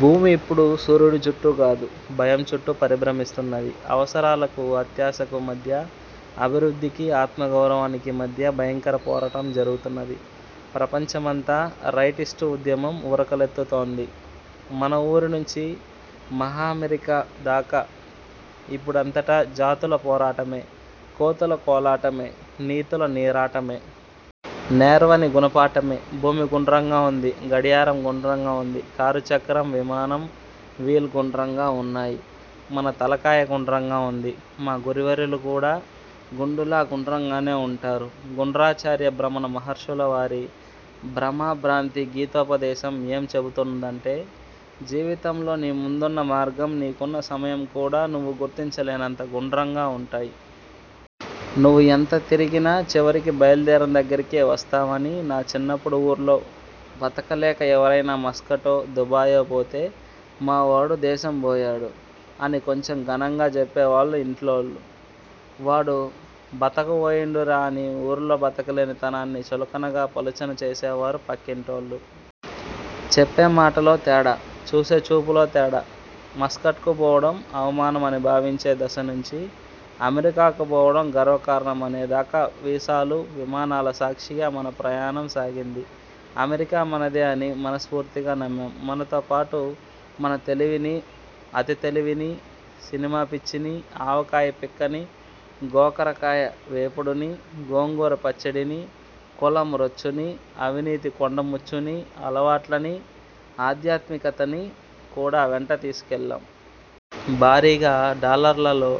భూమి ఇప్పుడు సూర్యుడి చుట్టూ కాదు, భయం చుట్టూ పరిభ్రమిస్తున్నది. అవసరాలకు అత్యాశకు మధ్య, అభివృద్ధికి ఆత్మగౌరవానికి మధ్య భయంకర పోరాటం జరుగుతున్నది. ప్రపంచమంతా రైటిస్టు ఉద్యమం ఉరకలెత్తుతోంది. మన ఊరి నుంచి మహామెరికా దాకా ఇప్పుడంతటా జాతుల పోరాటమే! కోతుల కోలాటమే! నీతుల నీరాటమే! నేర్వని గుణ పాఠమే! భూమి గుండ్రంగా ఉంది. గడియారం గుండ్రంగా ఉంది. కారు చక్రం, విమానం వీల్ గుండ్రంగా ఉన్నాయి. మన తలకాయ గుండ్రంగా ఉంది. మా గురువర్యులు కూడా గుండులా గుండ్రంగానే ఉంటారు. గుండ్రాచార్య భ్రమణ మహర్షుల వారి భ్రమా భ్రాంతి గీతోపదేశం ఏం చెబుతుందంటే జీవితంలో నీ ముందున్న మార్గం, నీకున్న సమయం కూడా నువ్వు గుర్తించలేనంత గుండ్రంగా ఉంటాయి. నువ్వు ఎంత తిరిగినా, చివరికి బయల్దేరిన దగ్గరికే వస్తావని! నా చిన్నప్పుడు ఊర్లో బతకలేక ఎవరైనా మస్కటో, దుబాయో పోతే 'మా వాడు దేశం పోయాడు' అని కొంచెం ఘనంగా చెప్పేవాళ్లు ఇంటోళ్లు. 'వాడు బతకవోయిండురా' అని ఊరిలో బతకలేని తనాన్ని చులకనగా పలుచన చేసేవారు పక్కింటోళ్లు! చెప్పే మాటలో తేడా. చూసే చూపులో తేడా! మస్కట్కు పోవడం అవమానం అని భావించే దశ నుంచి, అమెరికాకు పోవడం గర్వకారణం అనే దాకా వీసాలు, విమానాల సాక్షిగా మన ప్రయాణం సాగింది. అమెరికా మనదే అని మనస్ఫూర్తిగా నమ్మాం. మనతో పాటు మన తెలివినీ, అతి తెలివినీ, సినిమా పిచ్చినీ, ఆవకాయ పిక్కనీ, గోకరకాయ వేపుడునీ, గోంగూర పచ్చడినీ, కులం రొచ్చునీ, అవినీతి కొండముచ్చునీ, అలవాట్లనీ, ఆధ్మాత్మికతనీ కూడా వెంట తీసుకువెళ్లాం. భారీగా డాలర్లలో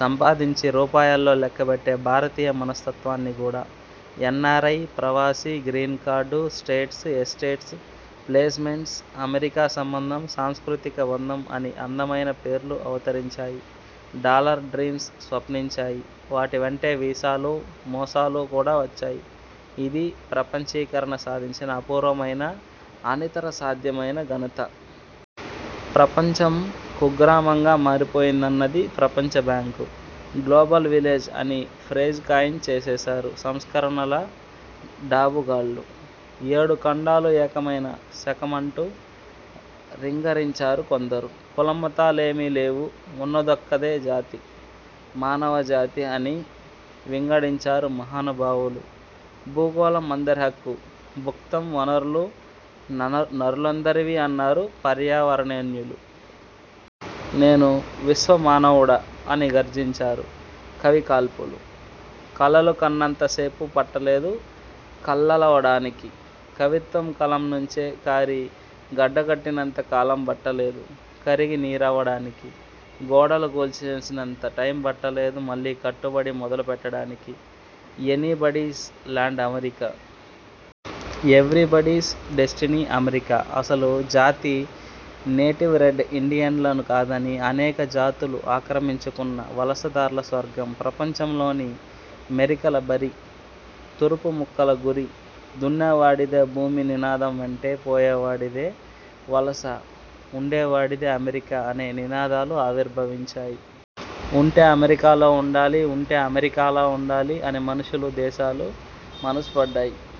సంపాదించి రూపాయల్లో లెక్కపెట్టే భారతీయ మనస్తత్వాన్ని కూడా! ఎన్నారై, ప్రవాసీ, green card, states, estates, placements, America సంబంధం, సాంస్కృతిక బంధం అని అందమైన పేర్లు అవతరించాయి. Dollar dreams స్వప్నించాయి. వాటి వెంటే వీసాలు, మోసాలు కూడా వచ్చాయి. ఇదీ ప్రపంచీకరణ సాధించిన అపూర్వమైన, అనితర సాధ్యమైన ఘనత! ప్రపంచం కుగ్రామంగా మారిపోయిందన్నది ప్రపంచ బ్యాంకు. గ్లోబల్ విలేజ్ అని ఫ్రేజ్ కాయిన్ చేసేశారు సంస్కరణల డాబుగార్లు. ఏడు ఖండాలూ ఏకమైన శకమంటూ రింగరించారు కొందరు. కులమతాలేమీ లేవు, ఉన్నదొక్క జాతే. మానవ జాతి అని వింగడించారు మహానుభావులు భూగోళం అందరి హక్కు భుక్తం, వనరులు నరులందరివీ అన్నారు పర్యావరేణ్యులు. 'నేను విశ్వ మానవుడ' అని గర్జించారు కవికల్పులు! కలలు కన్నంత సేపు పట్టలేదు కల్లలవడానికి! కవిత్వం కలం నుంచి కారి గడ్డ కట్టినంత కాలం పట్టలేదు, కరిగి నీరవ్వడానికి! గోడలు కూల్చేసినంత టైం పట్టలేదు, మళ్లీ కట్టుబడి మొదలు పెట్టడానికి! Anybody's land America! Everybody's destiny America! అసలు జాతి నేటివ్ రెడ్ ఇండియన్లను కాదని, అనేక జాతులు ఆక్రమించుకున్న వలస దార్ల స్వర్గం! ప్రపంచంలోని మెరికల బరి! తురుపు ముక్కల గురి! దున్నేవాడిదే భూమి నినాదం వెంటే పోయేవాడిదే వలస ఉండే వాడిదే అమెరికా అనే నినాదాలూ ఆవిర్భవించాయి. 'ఉంటే అమెరికాలో ఉండాలి. ఉంటే అమెరికాలా ఉండాలి'అని మనుషులు, దేశాలు మనసు పడ్డాయి.